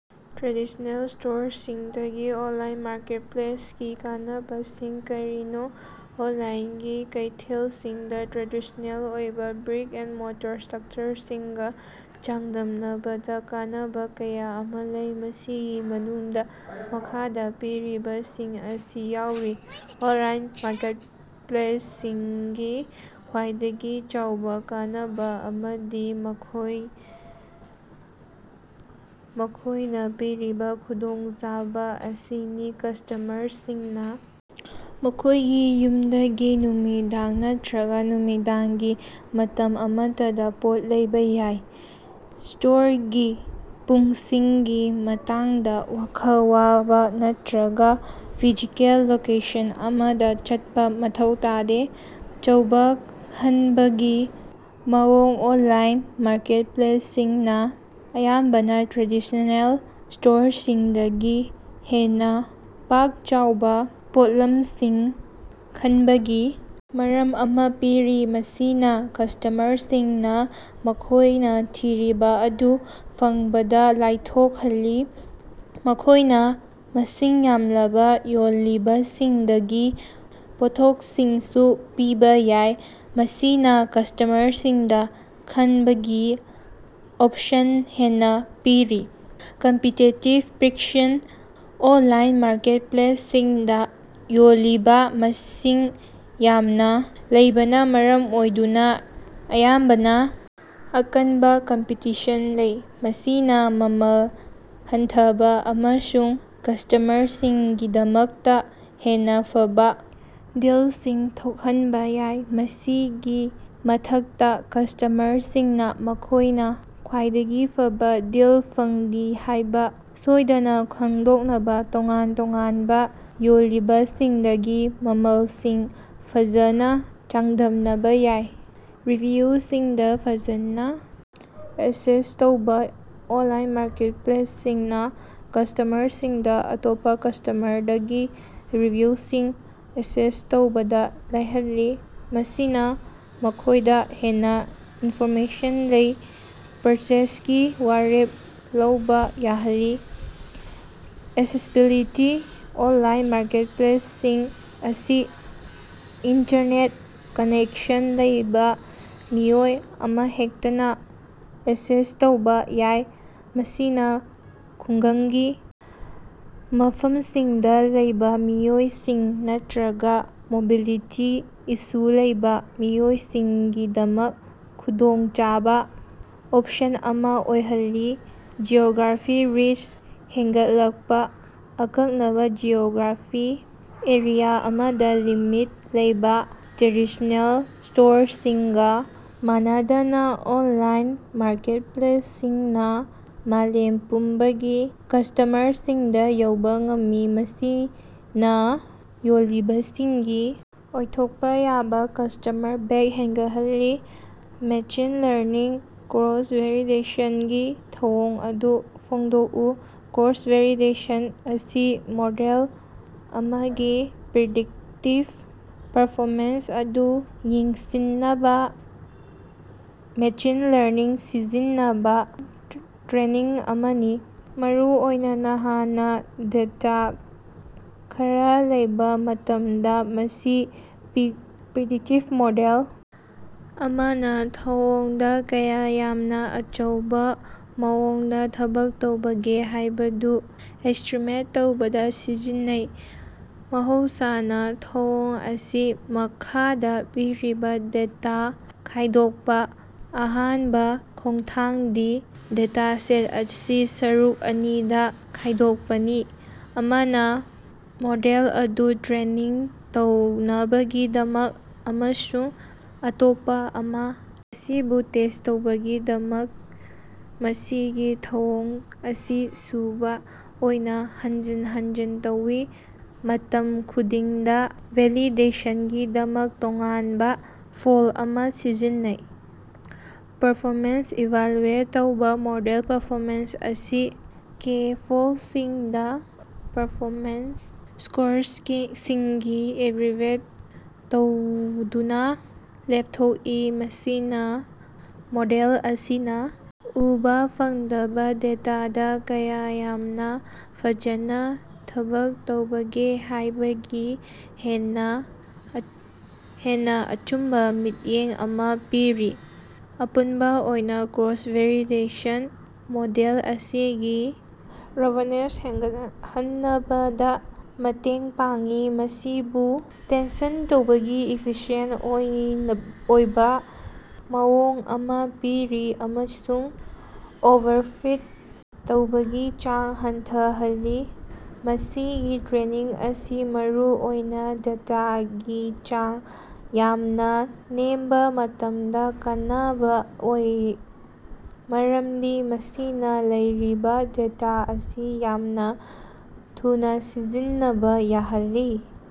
Traditional ꯁ꯭ꯇꯣꯔꯁꯤꯡꯗꯒꯤ online ꯃꯥꯔꯀꯦꯠꯞꯂꯦꯁꯀꯤ ꯀꯥꯟꯅꯕꯁꯤꯡ ꯀꯔꯤꯅꯣ? ꯑꯣꯅꯂꯥꯏꯅꯒꯤ ꯀꯩꯊꯦꯜꯁꯤꯡꯗ ꯇ꯭ꯔꯦꯗꯤꯁ꯭ꯅꯦꯜ ꯑꯣꯏꯕ ꯕ꯭ꯔꯤꯛ-ꯑꯦꯟꯗ-ꯃꯣꯔꯇꯔ ꯁ꯭ꯇꯣꯔꯁꯤꯡꯒ ꯆꯥꯡꯗꯝꯅꯕꯗ ꯀꯥꯟꯅꯕ ꯀꯌꯥ ꯑꯃ ꯂꯩ꯫ ꯃꯁꯤꯒꯤ ꯃꯅꯨꯡꯗ ꯃꯈꯥꯗ ꯄꯤꯔꯤꯕꯁꯤꯡ ꯑꯁꯤ ꯌꯥꯎꯔꯤ꯫ꯑꯣꯅꯂꯥꯏꯟ ꯃꯥꯔꯀꯦꯠꯄꯂꯦꯁꯁꯤꯡꯒꯤ ꯈ꯭ꯋꯥꯏꯗꯒꯤ ꯆꯥꯎꯕ ꯀꯥꯟꯅꯕ ꯑꯃꯗꯤ ꯃꯈꯣꯏꯅ ꯄꯤꯔꯤꯕ ꯈꯨꯗꯣꯡꯆꯥꯕ ꯑꯁꯤꯅꯤ꯫ ꯀꯁ꯭ꯇꯃꯔꯁꯤꯡꯅ ꯃꯈꯣꯏꯒꯤ ꯌꯨꯝꯗꯒꯤ ꯅꯨꯃꯤꯗꯥꯡ ꯅꯠꯇꯔꯒ ꯅꯨꯃꯤꯗꯥꯡꯒꯤ ꯃꯇꯝ ꯑꯃꯠꯇꯗ ꯄꯣꯠ ꯂꯩꯕ ꯌꯥꯏ꯫ꯁ꯭ꯇꯣꯔꯒꯤ ꯄꯨꯡꯁꯤꯡꯒꯤ ꯃꯇꯥꯡꯗ ꯋꯥꯈꯜ ꯋꯥꯕ ꯅꯠꯇꯔꯒ ꯐꯤꯖꯤꯀꯦꯜ ꯂꯣꯀꯦꯁꯟ ꯑꯃꯗ ꯆꯠꯄ ꯃꯊꯧ ꯇꯥꯗꯦ꯫ ꯑꯆꯧꯕ ꯈꯟꯕꯒꯤ ꯃꯑꯣꯡ ꯑꯣꯅꯂꯥꯏꯟ ꯃꯥꯔꯀꯦꯠꯄꯂꯦꯁꯁꯤꯡꯅ ꯑꯌꯥꯝꯕꯅ ꯇ꯭ꯔꯦꯗꯤꯁ꯭ꯅꯦꯜ ꯁ꯭ꯇꯣꯔꯁꯤꯡꯗꯒꯤ ꯍꯦꯟꯅ ꯄꯥꯛ-ꯆꯥꯎꯕ ꯄꯣꯠꯂꯝꯁꯤꯡ ꯈꯟꯕꯒꯤ ꯃꯑꯣꯡ ꯑꯃ ꯄꯤꯔꯤ꯫ꯃꯁꯤꯅ ꯀꯁ꯭ꯇꯃꯔꯁꯤꯡꯅ ꯃꯈꯣꯏꯅ ꯊꯤꯔꯤꯕ ꯑꯗꯨ ꯐꯪꯕꯗ ꯂꯥꯏꯊꯣꯛꯍꯜꯂꯤ꯫ ꯃꯈꯣꯏꯅ ꯃꯁꯤꯡ ꯌꯥꯝꯂꯕ ꯌꯣꯜꯂꯤꯕꯁꯤꯡꯗꯒꯤ ꯄꯣꯠꯊꯣꯛꯁꯤꯡꯁꯨ ꯄꯤꯕ ꯌꯥꯏ꯫ ꯃꯁꯤꯅ ꯀꯁ꯭ꯇꯃꯔꯁꯤꯡꯗ ꯈꯟꯕꯒꯤ ꯑꯣꯄꯁꯟ ꯍꯦꯟꯅ ꯄꯤꯔꯤ꯫ ꯀꯝꯄꯤꯇꯤꯇꯤꯕ ꯄ꯭ꯔꯥꯏꯁꯤꯡ ꯑꯣꯅꯂꯥꯏꯟ ꯃꯥꯔꯀꯦꯠꯞꯂꯦꯁꯁꯤꯡꯗ ꯌꯣꯜꯂꯤꯕ ꯃꯁꯤꯡ ꯌꯥꯝꯅ ꯂꯩꯕꯅ ꯃꯔꯝ ꯑꯣꯏꯗꯨꯅ ꯑꯌꯥꯝꯕꯅ ꯑꯀꯟꯕ ꯀꯝꯄꯤꯇꯤꯁꯟ ꯂꯩ꯫ ꯃꯁꯤꯅ ꯃꯃꯜ ꯍꯟꯊꯕ ꯑꯃꯁꯨꯡ ꯀꯁ꯭ꯇꯃꯔꯁꯤꯡꯒꯤꯗꯃꯛꯇ ꯍꯦꯟꯅ ꯐꯕ ꯗꯤꯜꯁꯤꯡ ꯊꯣꯛꯍꯟꯕ ꯌꯥꯏ꯫ ꯃꯁꯤꯒꯤ ꯃꯊꯛꯇ ꯀꯁ꯭ꯇꯃꯔꯁꯤꯡꯅ ꯃꯈꯣꯏꯅ ꯈ꯭ꯋꯥꯏꯗꯒꯤ ꯐꯕ ꯗꯤꯜ ꯐꯪꯂꯤ ꯍꯥꯏꯕ ꯁꯣꯏꯗꯅ ꯈꯪꯗꯣꯛꯅꯕ ꯇꯣꯉꯥꯟ ꯇꯣꯉꯥꯟꯕ ꯌꯣꯜꯂꯤꯕꯁꯤꯡꯗꯒꯤ ꯃꯃꯜꯁꯤꯡ ꯐꯖꯅ ꯆꯥꯡꯗꯝꯅꯕ ꯌꯥꯏ꯫ ꯔꯤꯚꯤꯌꯨꯁꯤꯡꯗ ꯐꯖꯅ ꯑꯦꯛꯁꯦꯁ ꯇꯧꯕ ꯑꯣꯅꯂꯥꯏꯟ ꯃꯥꯔꯀꯦꯠꯄꯂꯦꯁꯁꯤꯡꯅ ꯀꯁ꯭ꯇꯃꯔꯁꯤꯡꯗ ꯑꯇꯣꯞꯄ ꯀ꯭ꯔꯦꯇꯥꯁꯤꯡꯗꯒꯤ ꯔꯤꯚꯤꯌꯨꯁꯤꯡ ꯑꯦꯛꯁꯦꯁ ꯇꯧꯕꯗ ꯂꯥꯏꯍꯜꯂꯤ, ꯃꯁꯤꯅ ꯃꯈꯣꯌꯗ ꯍꯦꯟꯅ ꯏꯅꯐꯣꯔꯃꯦꯁꯟ ꯂꯩꯕ ꯄꯔꯆꯦꯖꯒꯤ ꯋꯥꯔꯦꯞ ꯂꯧꯕ ꯌꯥꯍꯜꯂꯤ꯫ ꯑꯦꯛꯁꯦꯁꯤꯕꯤꯂꯤꯇꯤ ꯑꯣꯅꯂꯥꯏꯟ ꯃꯥꯔꯀꯦꯠꯄꯂꯦꯁꯁꯤꯡ ꯑꯁꯤ ꯏꯟꯇꯔꯅꯦꯠ ꯀꯅꯦꯛꯁꯟ ꯂꯩꯕ ꯃꯤꯑꯣꯏ ꯑꯃꯍꯦꯛꯇꯅ ꯑꯦꯛꯁꯦꯁ ꯇꯧꯕ ꯌꯥꯏ꯫ꯃꯁꯤꯅ ꯈꯨꯡꯒꯪꯒꯤ ꯃꯐꯝꯁꯤꯡꯗ ꯂꯩꯕ ꯃꯤꯑꯣꯏꯁꯤꯡ ꯅꯠꯇꯔꯒ ꯃꯣꯕꯤꯂꯤꯇꯤꯒꯤ ꯏꯁꯨ ꯂꯩꯕ ꯃꯤꯑꯣꯏꯁꯤꯡꯒꯤꯗꯃꯛ ꯈꯨꯗꯣꯡꯆꯥꯕ ꯑꯣꯄꯁꯟ ꯑꯃ ꯑꯣꯏꯍꯜꯂꯤ꯫ ꯖꯤꯑꯣꯒ꯭ꯔꯥꯐꯤꯛ ꯔꯤꯆ ꯍꯦꯟꯒꯠꯂꯛꯄ ꯑꯀꯛꯅꯕꯥ ꯖꯤꯑꯣꯒ꯭ꯔꯥꯐꯤꯛ ꯑꯦꯔꯤꯌ ꯑꯃꯗ ꯂꯤꯃꯤꯠ ꯂꯩꯕ ꯇ꯭ꯔꯦꯗꯤꯁ꯭ꯅꯦꯜ ꯁ꯭ꯇꯣꯔꯁꯤꯡꯒ ꯃꯥꯟꯅꯗꯅ, ꯑꯣꯅꯂꯥꯏꯟ ꯃꯥꯔꯀꯦꯠꯄꯂꯦꯁꯁꯤꯡꯅ ꯃꯥꯂꯦꯝ ꯄꯨꯝꯕꯒꯤ ꯀꯁ꯭ꯇꯃꯔꯁꯤꯡꯗ ꯌꯧꯕ ꯉꯝꯃꯤ, ꯃꯁꯤꯅ ꯌꯣꯜꯂꯤꯕꯁꯤꯡꯒꯤ ꯑꯣꯏꯊꯣꯛꯄ ꯌꯥꯕ ꯀꯁ꯭ꯇꯃꯔ ꯕꯦꯖ ꯍꯦꯟꯒꯠꯍꯜꯂꯤ꯫ ꯃꯦꯁꯤꯟ ꯂꯔꯅꯤꯡꯗ ꯀ꯭ꯔꯣꯁ-ꯚꯦꯂꯤꯗꯦꯁꯅꯒꯤ ꯊꯧꯑꯣꯡ ꯑꯗꯨ ꯐꯣꯡꯗꯣꯛꯎ꯫ ꯀ꯭ꯔꯣꯁ-ꯚꯦꯂꯤꯗꯦꯁꯟ ꯑꯁꯤ ꯃꯣꯗꯦꯜ ꯑꯃꯒꯤ ꯄ꯭ꯔꯤꯗꯤꯛꯇꯤꯚ ꯄꯔꯐꯣꯃꯦꯟꯁ ꯑꯗꯨ ꯌꯦꯡꯁꯤꯟꯅꯕ ꯃꯦꯁꯤꯟ ꯂꯔꯅꯤꯡꯗ ꯁꯤꯖꯤꯟꯅꯕ ꯇꯦꯛꯅꯤꯛ ꯑꯃꯅꯤ꯫ ꯃꯔꯨꯑꯣꯏꯅ ꯅꯍꯥꯛꯅ ꯗꯦꯇꯥ ꯈꯔ ꯂꯩꯕ ꯃꯇꯝꯗ꯫ ꯃꯁꯤ ꯄ꯭ꯔꯤꯗꯤꯛꯇꯤꯚ ꯃꯣꯗꯦꯜ ꯑꯃꯅ ꯊꯧꯑꯣꯡꯗ ꯀꯌꯥ ꯌꯥꯝꯅ ꯑꯆꯨꯝꯕ ꯃꯑꯣꯡꯗ ꯊꯕꯛ ꯇꯧꯕꯒꯦ ꯍꯥꯏꯕꯗꯨ ꯑꯦꯁ꯭ꯇꯤꯃꯦꯠ ꯇꯧꯕꯗ ꯁꯤꯖꯤꯟꯅꯩ꯫ ꯃꯍꯧꯁꯥꯅ ꯊꯧꯑꯣꯡ ꯑꯁꯤ ꯃꯈꯥꯗ ꯄꯤꯔꯤ ꯗꯦꯇꯥ ꯈꯥꯏꯗꯣꯛꯄ ꯑꯍꯥꯟꯕ ꯈꯣꯡꯊꯥꯡꯗꯤ ꯗꯦꯇꯥꯁꯦꯠ ꯑꯁꯤ ꯁꯔꯨꯛ ꯑꯅꯤꯗ ꯈꯥꯏꯗꯣꯛꯄꯅꯤ꯫ꯑꯃꯅ ꯃꯣꯗꯦꯜ ꯑꯗꯨ ꯇ꯭ꯔꯦꯅꯤꯡ ꯇꯧꯅꯕꯒꯤꯗꯃꯛ ꯑꯃꯁꯨꯡ ꯑꯇꯣꯞꯄ ꯑꯃꯅ ꯃꯁꯤꯕꯨ ꯇꯦꯁ꯭ꯠ ꯇꯧꯅꯕꯒꯤꯗꯃꯛ꯫ ꯃꯁꯤꯒꯤ ꯊꯧꯑꯣꯡ ꯑꯁꯤ ꯁꯨꯕ ꯑꯣꯏꯅ ꯍꯟꯖꯤꯟ ꯍꯟꯖꯤꯟ ꯇꯧꯏ, ꯃꯇꯝ ꯈꯨꯗꯤꯡꯗ ꯚꯦꯂꯤꯗꯦꯁꯟꯒꯤꯗꯃꯛꯇ ꯇꯣꯉꯥꯟꯕ ꯐꯣꯜꯗ ꯑꯃ ꯁꯤꯖꯤꯟꯅꯩ꯫ ꯄꯔꯐꯣꯃꯦꯟꯁ ꯏꯚꯥꯂꯨꯑꯦꯠ ꯇꯧꯕ ꯃꯣꯗꯦꯜ ꯄꯔꯐꯣꯃꯦꯟꯁ ꯑꯁꯤ ꯀꯦ-ꯐꯣꯜꯗꯁꯤꯡꯗ ꯄꯔꯐꯣꯃꯦꯟꯁ ꯁ꯭ꯀꯣꯔꯁꯤꯡꯒꯤ ꯑꯦꯚꯥꯔꯦꯖ ꯇꯧꯗꯨꯅ ꯂꯦꯞꯊꯣꯛꯏ꯫ ꯃꯁꯤꯅ ꯃꯣꯗꯦꯜ ꯑꯁꯤꯅ ꯎꯕ ꯐꯪꯗꯕ ꯗꯦꯇꯥꯗ ꯀꯌꯥ ꯌꯥꯝꯅ ꯐꯖꯅ ꯊꯕꯛ ꯇꯧꯕꯒꯦ ꯍꯥꯏꯕꯒꯤ ꯍꯦꯟꯅ ꯑꯆꯨꯝꯕ ꯃꯤꯠꯌꯦꯡ ꯑꯃ ꯄꯤꯔꯤ꯫ ꯑꯄꯨꯟꯕ ꯑꯣꯏꯅ ꯀ꯭ꯔꯣꯁ-ꯚꯦꯂꯤꯗꯦꯁꯟꯅ ꯃꯣꯗꯦꯜ ꯑꯁꯤꯒꯤ ꯔꯣꯕꯁ꯭ꯇꯦꯟꯁ ꯍꯦꯟꯒꯠꯍꯟꯕꯗ ꯃꯇꯦꯡ ꯄꯥꯡꯏ, ꯃꯁꯤꯕꯨ ꯇꯦꯁ꯭ꯠ ꯇꯧꯕꯒꯤ ꯏꯐꯤꯁꯤꯌꯦꯟꯇ ꯑꯣꯏꯕ ꯃꯑꯣꯡ ꯑꯃ ꯄꯤꯔꯤ ꯑꯃꯁꯨꯡ ꯑꯣꯚꯔꯐꯤꯠ ꯇꯧꯕꯒꯤ ꯆꯥꯡ ꯍꯟꯊꯍꯜꯂꯤ꯫ ꯃꯁꯤꯒꯤ ꯇꯦꯛꯅꯤꯛ ꯑꯁꯤ ꯃꯔꯨꯑꯣꯏꯅ ꯗꯦꯇꯥꯒꯤ ꯆꯥꯡ ꯌꯥꯝꯅ ꯅꯦꯝꯕ ꯃꯇꯝꯗ ꯀꯥꯟꯅꯕ ꯑꯣꯏ, ꯃꯔꯝꯗꯤ ꯃꯁꯤꯅ ꯂꯩꯔꯤꯕ ꯗꯦꯇ ꯑꯁꯤ ꯌꯥꯝꯅ ꯊꯨꯅ ꯁꯤꯖꯤꯟꯅꯕ ꯌꯥꯍꯜꯂꯤ꯫